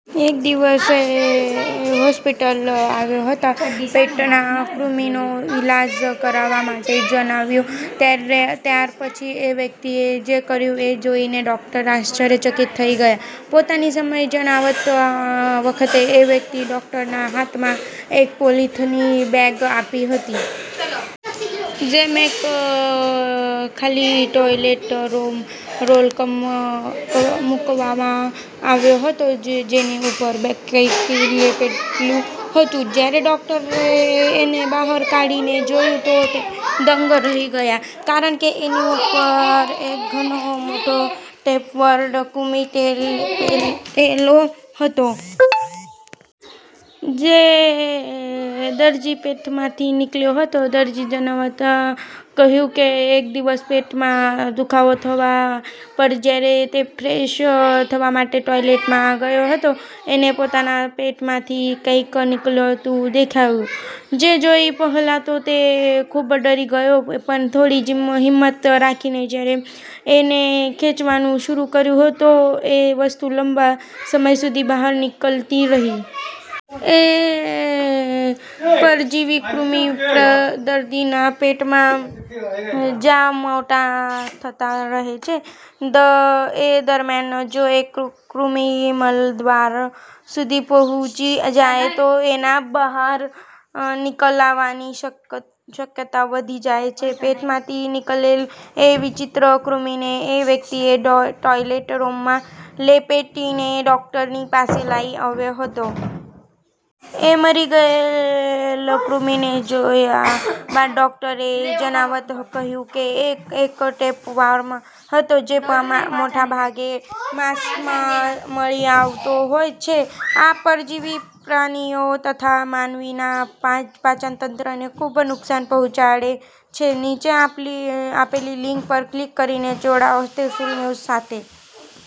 એક દિવસ એ હોસ્પિટલ આવ્યો તથા પેટના કૃમિનો ઈલાજ કરવા માટે જણાવ્યું. ત્યારપછી એ વ્યક્તિએ જે કર્યુ એ જોઈને ડોક્ટર આશ્વર્યચકિત થઈ ગયાં. પોતાની સમસ્યા જણાવતી વખતે એ વ્યક્તિએ ડોકટરના હાથમાં એક પોલીથીનની બેગ આપી હતી. જેમાં એક ખાલી ટોયલેટ રોલ મુકવામાં આવ્યો હતો, જેની ઉપર કંઈક લપેટેલું હતું. જયારે ડોક્ટરે એને બહાર કાઢીને જોયું તો તે દંગ રહી ગયા. કારણ કે, એની ઉપર એક ઘણો મોટો ટેપવોર્મ કૃમિ લપેટેલો હતો. જે દર્દીના પેટમાંથી નીકળયો હતો. દર્દીએ જણાવતાં કહ્યું કે, એક દિવસ પેટમાં દુઃખાવો થવા પર જયારે તે ફ્રેશ થવા માટે ટોયલેટમાં ગયો, તો એને પોતાના પેટ માંથી કંઈક નીકળતું દેખાયું, જેને જોઈ પહેલા તો તે ખુબ ડરી ગયો પરંતુથોડી હિમ્મત રાખીને જયારે એણે ખેંચવાનું શરુ કર્યુ, તો એ વસ્તુ લાંબા સમય સુધી બહાર નીકળતી રહી. એ પરજીવી કૃમિ દર્દીના પેટમાં જ મોટા થતા રહે છે. એ દરમ્યાન જો એ કૃમિ મળદ્વાર સુધી પહોંચી જાય તો એના બહાર નીકળવાની શક્યતા વધી જાય છે. પેટમાંથી નીકળેલ એ વિચિત્ર કૃમિને એ વ્યક્તિ ટોયલેટ રોલમાં લપેટીને ડોક્ટરની પાસે લઈ આવ્યો હતો. એ મરી ગયેલ કૃમિને જોયા બાદ ડોક્ટરે જણાવતાં કહ્યું કે, એ એક ટેપવોર્મ હતો, જે મોટાભાગે માંસમાં મળી આવતો હોય છે. આ પરજીવી પ્રાણીઓ તથા માનવીના પાચનતંત્રને ખુબ નુકશાન પહોંચાડે છે. નીચે આપેલી લીંક પર ક્લિક કરીને જોડાઓ ત્રિશુલ ન્યૂઝ સાથે.